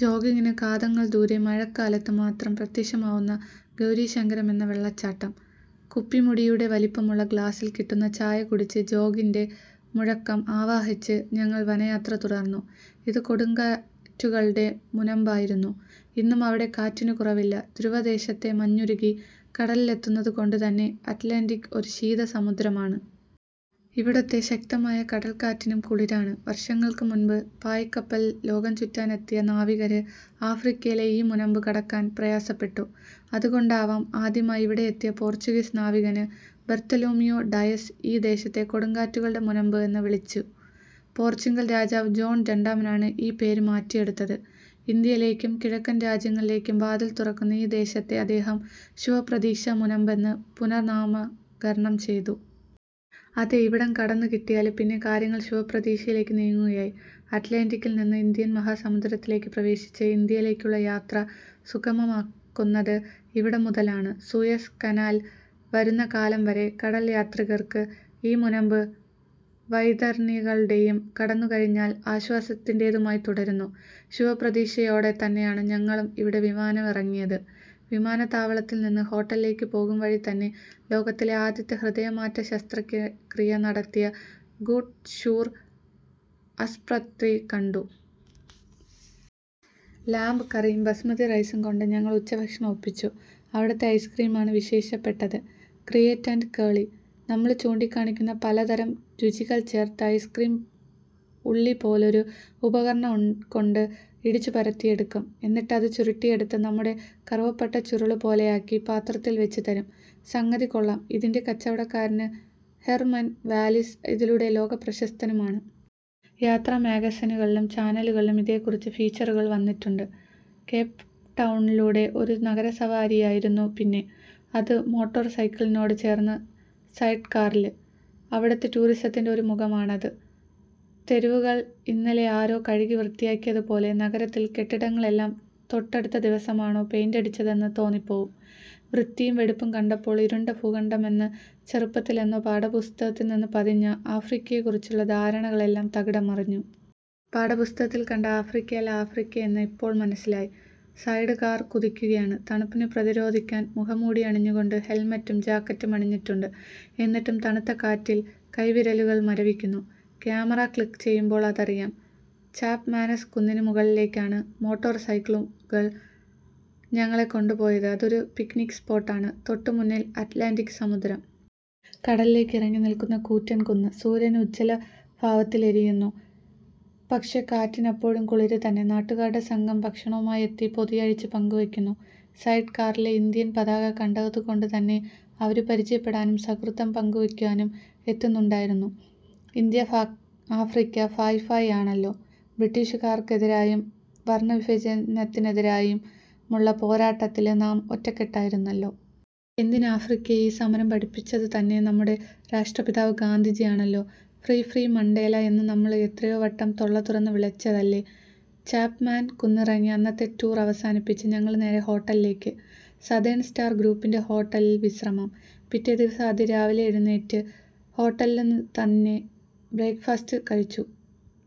ജോഗിന് കാതങ്ങള് ദൂരെ, മഴക്കാലത്ത് മാത്രം പ്രത്യക്ഷമാവുന്ന ഗൗരീശങ്കരമെന്ന വെളളച്ചാട്ടം. കുപ്പിമൂടിയുടെ വലിപ്പമുളള ഗ്ലാസ്സില് കിട്ടുന്ന ചായ കുടിച്ച് ജോഗിന്റെ മുഴക്കം ആവാഹിച്ച് ഞങ്ങള് വനയാത്ര തുടര്ന്നു. ഇത് കൊടുങ്കാറ്റുകളുടെ മുനമ്പായിരുന്നു. ഇന്നും അവിടെ കാറ്റിന് കുറവില്ല. ധ്രുവദേശത്തെ മഞ്ഞുരുകി കടലിലെത്തുന്നതുകൊണ്ടുതന്നെ അറ്റ്ലാന്റിക് ഒരു ശീത സമുദ്രമാണ്. ഇവിടുത്തെ ശക്തമായ കടല്ക്കാറ്റിനും കുളിരാണ്. വര്ഷങ്ങള്ക്കു മുമ്പ് പായ്ക്കപ്പലില് ലോകംചുറ്റാനെത്തിയ നാവികര് ആഫ്രിക്കയിലെ ഈ മുനമ്പ് കടക്കാന് പ്രയാസപ്പെട്ടു. അതുകൊണ്ടാവാം, ആദ്യമായി ഇവിടെയെത്തിയ പോര്ച്ചുഗീസ് നാവികന് ബര്ത്തുലൂമിയോ ഡയസ് ഈ ദേശത്തെ കൊടുങ്കാറ്റുകളുടെ മുനമ്പ് എന്നുവിളിച്ചു. പോര്ച്ചുഗല് രാജാവ് ജോണ് രണ്ടാമനാണ് ഈ പേര് മാറ്റിയെടുത്തത്. ഇന്ത്യയിലേക്കും കിഴക്കന് രാജ്യങ്ങളിലേക്കും വാതില് തുറക്കുന്ന ഈ ദേശത്തെ അദ്ദേഹം ശുഭപ്രതീക്ഷാ മുനമ്പ് എന്ന് പുനര്നാമകരണം ചെയ്തു. അതേ, ഇവിടം കടന്നുകിട്ടിയാല് പിന്നെ കാര്യങ്ങള് ശുഭപ്രതീക്ഷയിലേക്കു നീങ്ങുകയായി. അറ്റ്ലാന്റിക്കില്നിന്ന് ഇന്ത്യന് മഹാസമുദ്രത്തിലേക്ക് പ്രവേശിച്ച് ഇന്ത്യയിലേക്കുള്ള യാത്ര സുഗമമാവുന്നത് ഇവിടംമുതലാണ്. സൂയസ് കനാല് വരുന്നകാലംവരെ കടല്യാത്രികര്ക്ക് ഈ മുനമ്പ് വൈതരണികളുടെയും കടന്നുകഴിഞ്ഞാല് ആശ്വാസത്തിന്റേതുമായി തുടര്ന്നു. ശുഭപ്രതീക്ഷയോടെതന്നെയാണ് ഞങ്ങളും ഇവിടെ വിമാനമിറങ്ങിയത്. വിമാനത്താവളത്തില് നിന്ന് ഹോട്ടലിലേക്ക് പോകുംവഴിതന്നെ ലോകത്തിലെ ആദ്യത്തെ ഹൃദയമാറ്റ ശസ്ത്രക്രിയ നടത്തിയ ഗ്രൂട്ട് ഷൂര് ആസ്പത്രി കണ്ടു. ലാമ്പ് കറിയും ബസുമതിറൈസും കൊണ്ട് ഞങ്ങള് ഉച്ചഭക്ഷണം ഒപ്പിച്ചു. അവിടുത്തെ ഐസ്ക്രീമാണ് വിശേഷപ്പെട്ടത്. ക്രിയേറ്റ് ആന്ഡ് കേളി. നമ്മള് ചൂണ്ടിക്കാണിക്കുന്ന പലതരം രുചികള് ചേര്ത്ത് ഐസ്ക്രീം ഉളിപോലൊരു ഉപകരണം കൊണ്ട് ഇടിച്ചുപരത്തിയെടുക്കും. എന്നിട്ട് അത് ചുരണ്ടിയെടുത്ത് നമ്മുടെ കറുവപ്പട്ടച്ചുരുളുപോലെയാക്കി പാത്രത്തില് വെച്ചുതരും. സംഗതി കൊള്ളാം. ഇതിന്റെ കച്ചവടക്കാരന് ഹെര്മന് വാലിസ് ഇതിലൂടെ ലോകപ്രശസ്തനുമാണ്. യാത്ര മാഗസിനുകളിലും ചാനലുകളിലും ഇതേക്കുറിച്ച് ഫീച്ചറുകള് വന്നിട്ടുണ്ട്. കേപ്ടൗണിലൂടെ ഒരു നഗരസവാരിയായിരുന്നു പിന്നെ. അതും മോട്ടോര്സൈക്കിളിനോട് ചേര്ന്ന സൈഡ്കാറില്. അവിടുത്തെ ടൂറിസത്തിന്റെ ഒരു മുഖമാണത്. തെരുവുകള് ഇന്നലെ ആരോ കഴുകിവൃത്തിയാക്കിയതുപോലെ. നഗരത്തില് കെട്ടിടങ്ങള്ക്കെല്ലാം തൊട്ടടുത്ത ദിവസമാണോ പെയിന്റടിച്ചതെന്ന് തോന്നിപ്പോവും. വൃത്തിയും വെടിപ്പും കണ്ടപ്പോള് ഇരുണ്ട ഭൂഖണ്ഡമെന്ന് ചെറുപ്പത്തില് എന്നോ പാഠപുസ്തകത്തില്നിന്ന് പതിഞ്ഞ ആഫ്രിക്കയെക്കുറിച്ചുള്ള ധാരണകളെല്ലാം തകിടംമറിഞ്ഞു. പാഠപുസ്തകത്തില് കണ്ട ആഫ്രിക്കയല്ല ആഫ്രിക്കയെന്ന് ഇപ്പോള് മനസ്സിലായി. സൈഡ്കാര് കുതിക്കുകയാണ്. തണുപ്പിനെ പ്രതിരോധിക്കാന് മുഖംമൂടിയണിഞ്ഞിട്ടുണ്ട്. ഹെല്മെറ്റും ജാക്കറ്റും അണിഞ്ഞിട്ടുണ്ട്. എന്നിട്ടും തണുത്ത കാറ്റില് കൈവിരലുകള് മരവിക്കുന്നു. ക്യാമറ ക്ലിക്ക് ചെയ്യുമ്പോള് അതറിയാം. ചാപ്മാന്സ് കുന്നിനു മുകളിലേക്കാണ് മോട്ടോര്സൈക്കിളുകള് ഞങ്ങളെ കൊണ്ടുപോയത്. അതൊരു പിക്നിക് സ്പോട്ടാണ്. തൊട്ടുമുന്നില് അറ്റ്ലാന്റിക് സമുദ്രം. കടലിലേക്ക് ഇറങ്ങിനില്ക്കുന്ന കൂറ്റന് കുന്ന്. സൂര്യന് ഉജ്ജ്വലഭാവത്തില് എരിയുന്നു. പക്ഷേ, കാറ്റിന് അപ്പോഴും കുളിരുതന്നെ. നാട്ടുകാരുടെ സംഘം ഭക്ഷണവുമായെത്തി പൊതിയഴിച്ചു പങ്കുവെക്കുന്നു. സൈഡ് കാറിലെ ഇന്ത്യന്പതാക കണ്ടതുകൊണ്ടുതന്നെ അവര് പരിചയപ്പെടാനും സൗഹൃദം പങ്കുവെക്കാനും എത്തുന്നുണ്ടായിരുന്നു. ഇന്ത്യാ ആഫ്രിക്കാ ഭായ് ഭായ് ആണല്ലോ. ബ്രിട്ടീഷുകാര്ക്കെതിരെയും വര്ണവിവേചനത്തിനെതിരെയുമുള്ള പോരാട്ടത്തില് നാം ഒറ്റക്കെട്ടായിരുന്നല്ലോ. എന്തിന് ആഫ്രിക്കയെ ഈ സമരം പഠിപ്പിച്ചതുതന്നെ നമ്മുടെ രാഷ്ട്രപിതാവ് ഗാന്ധിജിയാണല്ലോ. ഫ്രീ ഫ്രീ മണ്ടേല എന്നു നമ്മള് എത്രയോവട്ടം തൊള്ളതുറന്ന് വിളിച്ചതല്ലേ. ചാപ്മാന് കുന്നിറങ്ങി അന്നത്തെ ടൂര് അവസാനിപ്പിച്ച് ഞങ്ങള് നേരെ ഹോട്ടലിലേക്ക്. സതേണ് സ്റ്റാര് ഗ്രൂപ്പിന്റെ ഹോട്ടലില് വിശ്രമം. പിറ്റേദിവസം അതിരാവിലെ എഴുന്നേറ്റ് ഹോട്ടലില്നിന്നുതന്നെ ബ്രേക്ക് ഫാസ്റ്റ് കഴിച്ചു.